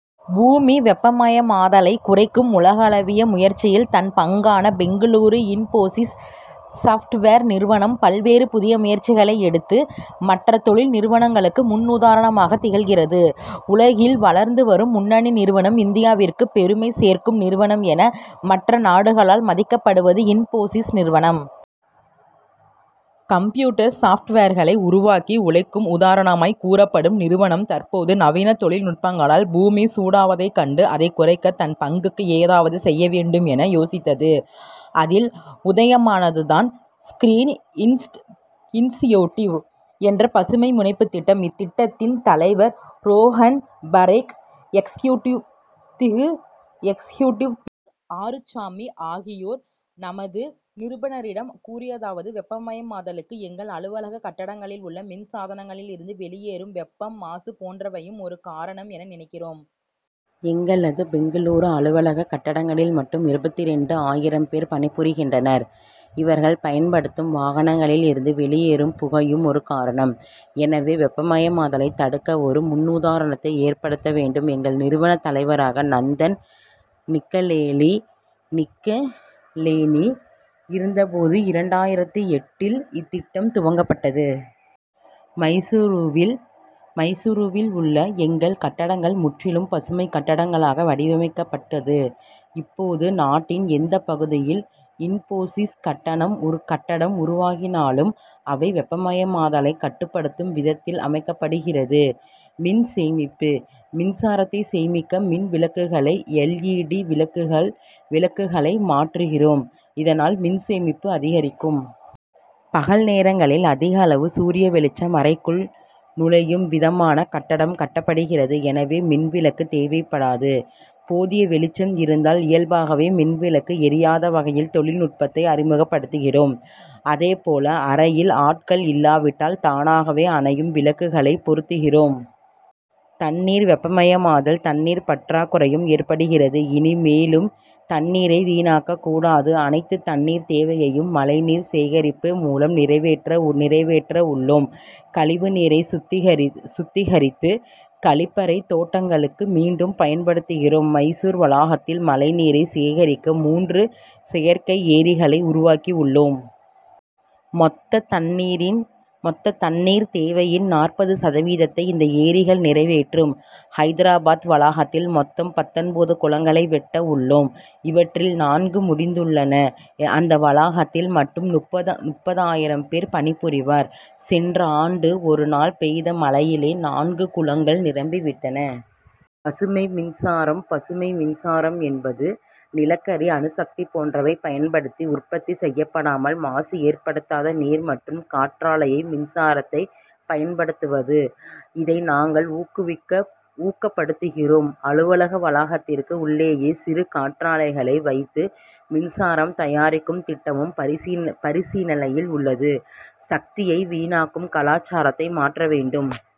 பூமி வெப்பமயமாதலை குறைக்கும் உலகளாவிய முயற்சியில் தன் பங்கான பெங்களூரு இன்போசிஸ் சாப்ட்வேர் நிறுவனம் பல்வேறு புதிய முயற்சிகளை எடுத்து. மற்ற தொழில் நிறுவனங்களுக்கு முன்னுதாரணமாக திகழ்கிறது. உலகில் வளர்ந்து வரும் முன்னணி நிறுவனம் இந்தியாவிற்கு பெருமை சேர்க்கும் நிறுவனம் என மற்ற நாடுகளால் மதிக்கப்படுவது இன்போசிஸ் நிறுவனம். கம்ப்யூட்டர் சாப்ட்வேர்களை உருவாக்கி உழைக்கும் உதாரணமாய் கூறப்படும் நிறுவனம் தற்போது நவீன தொழில்நுட்பங்களால் பூமி சூடாவதைக் கண்டு அதைக் குறைக்க தன் பங்குக்கு ஏதாவது செய்ய வேண்டும் என யோசித்தது. அதில் உதயமானது தான் ஸ்கிரீன் இனிஷியோட்டிவ் என்ற பசுமை முனைப்பு திட்டம். இத்திட்டத்தின் தலைவர் ரோஹன் பரேக் எக்ஸ்கியூட்டிவ் திகு எக்ஸ்கியூட்டிவ் ஆறுச்சாமி ஆகியோர் நமது நிருபனரிடம் கூறியதாவது வெப்பமயமாதலுக்கு எங்கள் அலுவலக கட்டடங்களில் உள்ள மின் சாதனங்களில் இருந்து வெளியேறும் வெப்பம் மாசு போன்றவையும் ஒரு காரணம் என நினைக்கிறோம். எங்களது பெங்களூரு அலுவலக கட்டடங்களில் மட்டும் இருபத்திரண்டு ஆயிரம் பேர் பணிபுரிகின்றனர். இவர்கள் பயன்படுத்தும் வாகனங்களில் இருந்து வெளியேறும் புகையும் ஒரு காரணம். எனவே வெப்பமயமாதலை தடுக்க ஒரு முன்னுதாரணத்தை ஏற்படுத்த வேண்டும். எங்கள் நிறுவன தலைவராக நந்தன் நிகலேனி இருந்தபோது இரண்டாயிரத்து எட்டு இல் இத்திட்டம் துவக்கப் பட்டது. மைசூருவில் உள்ள எங்கள் கட்டடங்கள் முற்றிலும் பசுமை கட்டடங்களாக வடிவமைக்கப் பட்டது. இப்போது நாட்டின் எந்த பகுதியில் இன்போசிஸ் கட்டடம் உருவாகினாலும் அவை வெப்பமயமாதலை கட்டுப்படுத்தும் விதத்தில் அமைக்கப்படுகிறது. மின் சேமிப்பு: மின்சாரத்தை சேமிக்க மின் விளக்குகளை எல். இ. டி. விளக்குகளை மாற்றுகிறோம். இதனால் மின் சேமிப்பு அதிகரிக்கும். பகல் நேரங்களில் அதிக அளவு சூரிய வெளிச்சம் அறைகளுக்குள் நுழையும் விதமான கட்டடம் கட்டப்படுகிறது எனவே மின் விளக்கு தேவைப்படாது. போதிய வெளிச்சம் இருந்தால் இயல்பாகவே மின்விளக்கு எரியாத வகையில் தொழில்நுட்பத்தை அறிமுகப்படுத்துகிறோம். அதே போல அறையில் ஆட்கள் இல்லாவிட்டால் தானாகவே அணையும் விளக்குகளை பொருத்துகிறோம். தண்ணீர் வெப்பமயமாதலால் தண்ணீர் பற்றாகுறையும் ஏற்படுகிறது. இனிமேலும் தண்ணீரை வீணாக்க கூடாது. அனைத்து தண்ணீர் தேவையையும் மழை நீர் சேகரிப்பு மூலம் நிறைவேற்ற உள்ளோம். கழிவு நீரை சுத்திகரித்து, கழிப்பறை தோட்டங்களுக்கு மீண்டும் பயன்படுத்துகிறோம். மைசூரு வளாகத்தில் மழை நீரை சேகரிக்க மூன்று செயற்கை ஏரிகளை உருவாக்கி உள்ளோம். மொத்த தண்ணீர் தேவையில் நாற்பது சதவீதத்தை இந்த ஏரிகள் நிறைவேற்றும். ஐதராபாத் வளாகத்தில் மொத்தம் பத்தொன்பது குளங்களை வெட்ட உள்ளோம். இவற்றில் நான்கு முடிந்துள்ளன. அந்த வளாகத்தில் மட்டும் முப்பது ஆயிரம் பேர் பணிபுரிவர். சென்ற ஆண்டு ஒரு நாள் பெய்த மழையிலேயே நான்கு குளங்களும் நிரம்பி விட்டன. பசுமை மின்சாரம் பசுமை மின்சாரம் என்பது, நிலக்கரி அணுசக்தி போன்றவை பயன்படுத்தி உற்பத்தி செய்யப்படாமல் மாசு ஏற்படுத்தாத நீர் மற்றும் காற்றாலை மின்சாரத்தை பயன்படுத்துவது. இதை நாங்கள் ஊக்கப்படுத்துகிறோம். அலுவலக வளாகத்திற்கு உள்ளேயே சிறு காற்றாலைகளை வைத்து மின்சாரம் தயாரிக்கும் திட்டமும் பரிசீலனையில் உள்ளது. சக்தியை வீணாக்கும் கலாசாரத்தை மாற்ற வேண்டும்.